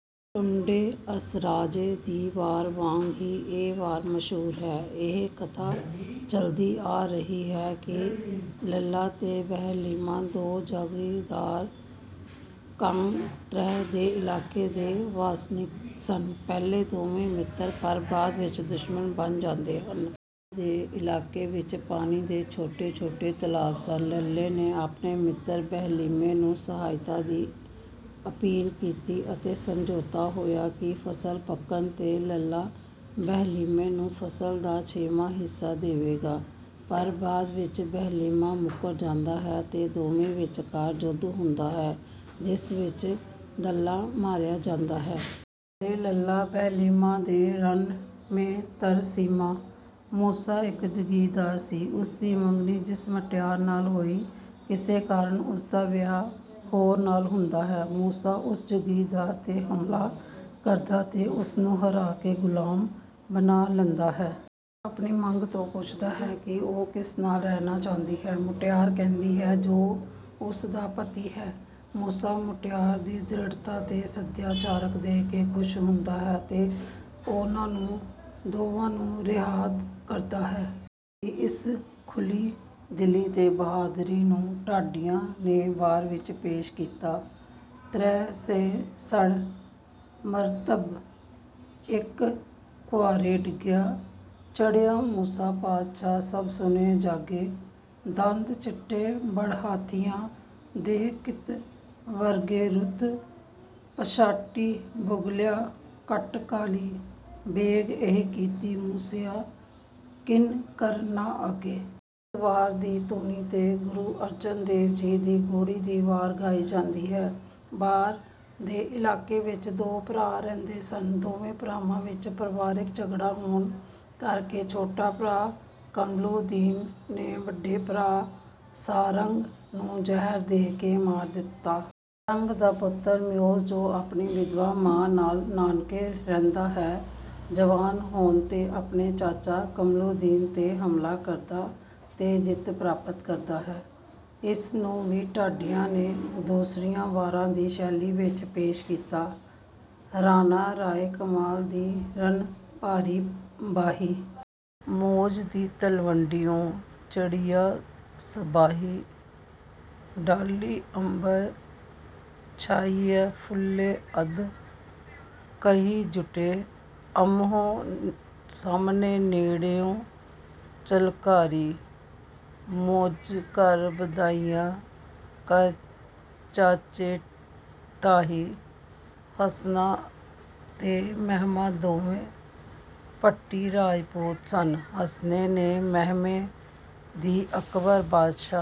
ਟੁੰਡੇ ਅਸਰਾਜੇ ਦੀ ਵਾਰ ਵਾਂਗ ਹੀ ਇਹ ਵਾਰ ਮਸ਼ਹੂਰ ਹੈ। ਇਹ ਕਥਾ ਚਲਦੀ ਆ ਰਹੀ ਹੈ ਕਿ ਲੱਲਾ ਤੇ ਬਹਿਲੀਮਾ ਦੋ ਜਗੀਰਦਾਰ ਕਾਂਗੜੇ੍ਹ ਦੇ ਇਲਾਕੇ ਦੇ ਵਸਨੀਕ ਸਨ। ਪਹਿਲਾ ਦੋਵੇਂ ਮਿੱਤਰ ਪਰ ਬਾਅਦ ਵਿੱਚ ਦੁਸ਼ਮਣ ਬਣ ਜਾਂਦੇ ਹਨ। ਦੇ ਇਲਾਕੇ ਵਿੱਚ ਪਾਣੀ ਦੇ ਛੋਟੇ-ਛੋਟੇ ਤਲਾਬ ਸਨ। ਲੱਲੇ ਨੇ ਆਪਣੇ ਮਿੱਤਰ ਬਹਲੀਮਾ ਨੂੰ ਸਹਾਇਤਾ ਦੀ ਅਪੀਲ ਕੀਤੀ ਅਤੇ ਸਮਝੋਤਾ ਹੋਇਆ ਕਿ ਫਸਲ ਪੱਕਣ ਤੇ ਲੱਲਾ ਬਹਿਲੀਮਾ ਨੂੰ ਫਸਲ ਦਾ ਛੇਵਾਂ ਹਿੱਸਾ ਦੇਵੇਗਾ ਪਰ ਬਾਅਦ ਵਿੱਚ ਬਹਿਲੀਮਾ ਮੁ਼ੱਕਰ ਜਾਂਦਾ ਹੈ ਤੇ ਦੋਵਾਂ ਵਿਚਕਾਰ ਯੁੱਧ ਹੁੰਦਾ ਹੈ ,ਜਿਸ ਵਿੱਚ ਲੱਲਾ ਮਾਰਿਆ ਜਾਂਦਾ ਹੈ। ਲੱਲਾ ਬਹਿਲੀਮਾ ਨੇ ਰਣ ਮੇ ਧਰ ਸੀਮਾ। ਮੂਸਾ ਇੱਕ ਜਗੀਰਦਾਰ ਸੀ ਉਸ ਦੀ ਮੰਗਣੀ ਜਿਸ ਮੁਟਿਆਰ ਨਾਲ ਹੋਈ, ਕਿਸੇ ਕਾਰਨ ਉਸਦਾ ਵਿਆਹ ਹੋਰ ਨਾਲ ਹੁੰਦਾ ਹੈ। ਮੂਸਾ ਉਸ ਜਗੀਰਦਾਰ ਤੇ ਹਮਲਾ ਕਰਦਾ ਤੇ ਉਸਨੂੰ ਹਰਾ ਕੇ ਗੁਲਾਮ ਬਣਾ ਲੈਂਦਾ ਹੈ। ਮੂਸਾ ਆਪਣੀ ਮੰਗ ਤੋਂ ਪੁੱਛਦਾ ਹੈ ਕਿ ਉਹ ਕਿਸ ਨਾਲ ਰਹਿਣਾ ਚਾਹੁੰਦੀ ਹੈ। ਮੁਟਿਆਰ ਕਹਿੰਦੀ ਹੈ ਜੋ ਉਸ ਦਾ ਪਤੀ ਹੈ। ਮੂਸਾ ਮੁਟਿਆਰ ਦੀ ਦ੍ਰਿੜਤਾ ਤੇ ਸਦਾਚਾਰਕ ਦੇਖ ਕੇ ਖੁਸ਼ ਹੁੰਦਾ ਹੈ, ਤੇ ਉਹਨਾਂ ਨੂੰ ਦੋਵਾਂ ਨੂੰ ਰਿਹਾਅ ਕਰਦਾ ਹੈ। ਮੂਸੇ ਦੀ ਇਸ ਖੁੱਲੀ ਦਿਲੀ ਤੇ ਬਹਾਦਰੀ ਨੂੰ ਢਾਡੀਆਂ ਨੇ ਵਾਰ ਵਿੱਚ ਪੇਸ਼ ਕੀਤਾ। ਤ੍ਰੈ ਸੈ ਸਡ ਮਰਾਤਬ ਇਕਿ ਘੁਰਿਐ ਡਗੇ। ਚੜ੍ਹਿਆ ਮੂਸਾ ਪਾਤਸ਼ਾਹ ਸਭ ਸੁਣਿਆ ਜਗੇ। ਦੰਦ ਚਿੱਟੇ ਬੜ ਹਾਥੀਆਂ ਦਹੁ ਕਿਤ ਵਰਗੇਰੁਤ ਪਛਾਟੀ ਬਗੁਲਿਆ ਘਟ ਕਾਲੀ ਬਗੇੇਏਹੀ ਕੀਤੀ ਮੂਸਿਆ ਕਿਨ ਕਰੀ ਨ ਅੱਗੇ। ਇਸ ਵਾਰ ਦੀ ਧੁਨੀ ਤੇ ਗੁਰੂ ਅਰਜਨ ਦੇਵ ਜੀ ਦੀ ਗਉੜ੍ਹੀ ਕੀ ਵਾਰ ਗਾਈ ਜਾਂਦੀ ਹੈ। ਬਾਰ ਦੇ ਇਲਾਕੇ ਵਿੱਚ ਦੋ ਭਰਾ ਰਹਿੰਦੇ ਸਨ। ਦੋਵਾਂ ਭਰਾਵਾਂ ਵਿੱਚ ਪਰਿਵਾਰਕ ਝਗੜ੍ਹਾ ਹੋਣ ਕਰਕੇ ਛੋਟੇ ਭਰਾ ਕਾਮਲੁਦੀਨ ਨੇ ਵੱਡੇ ਭਰਾ ਸਾਰੰਗ ਨੂੰ ਜ਼ਹਿਰ ਦੇ ਕੇ ਮਾਰ ਦਿੱਤਾ। ਸਾਰੰਗ ਦਾ ਪੁੱਤਰ ਮਉਜ਼ ਜੋ ਆਪਣੀ ਵਿਧਵਾ ਮਾਂ ਨਾਲ ਨਾਨਕੇ ਰਹਿੰਦਾ ਹੈ ਜਵਾਨ ਹੋਣ ਤੇ ਆਪਣੇ ਚਾਚੇ ਕਮਾਲੁਦੀਨ ਤੇ ਹਮਲਾ ਕਰਦਾ ਤੇ ਜਿੱਤ ਪ੍ਰਾਪਤ ਕਰਦਾ ਹੈ ਇਸਨੂੰ ਵੀ ਢਾਡੀਆਂ ਨੇ ਦੂਸਰੀਆਂ ਵਾਰਾ ਦੀ ਸੈਲੀ ਵਿੱਚ ਪੇਸ਼ ਕੀਤਾ, ਰਾਣਾ ਰਾਇ ਕਮਾਲ ਦੀ ਰਣ ਭਾਰੀ ਬਾਹੀ। ਮੌਜ਼ ਦੀ ਤਲਵੰਡੀਓ ਚੜ੍ਹਿਆਂ ਸਾਬਾਹੀ। ਢਾਲੀ ਅੰਬਰ ਛਾਇਆ ਫੁੱਲੇ ਅਦ ਕਾਹੀਜੁੱਟੇ ਆਮੋ੍ਹ ਸਾਹਮਣੇ ਨੇੜ੍ਹੇ ਝਲਕਾਰੀ। ਮੌਜੇ ਘਰ ਵਧਾਈਆਂ ਘਰ ਚਾਚੇ ਧਾਹੀ। ਹਸਨਾ ਤੇ ਮਹਿਮਾ ਦੋਵੇ ਭੱਟੀ ਰਾਜਪੂਤ ਸਨ ਹਸਨੇ ਨੇ ਮਹਿਮੇ ਦੀ ਅਕਬਰ ਬਾਦਸ਼ਾਹ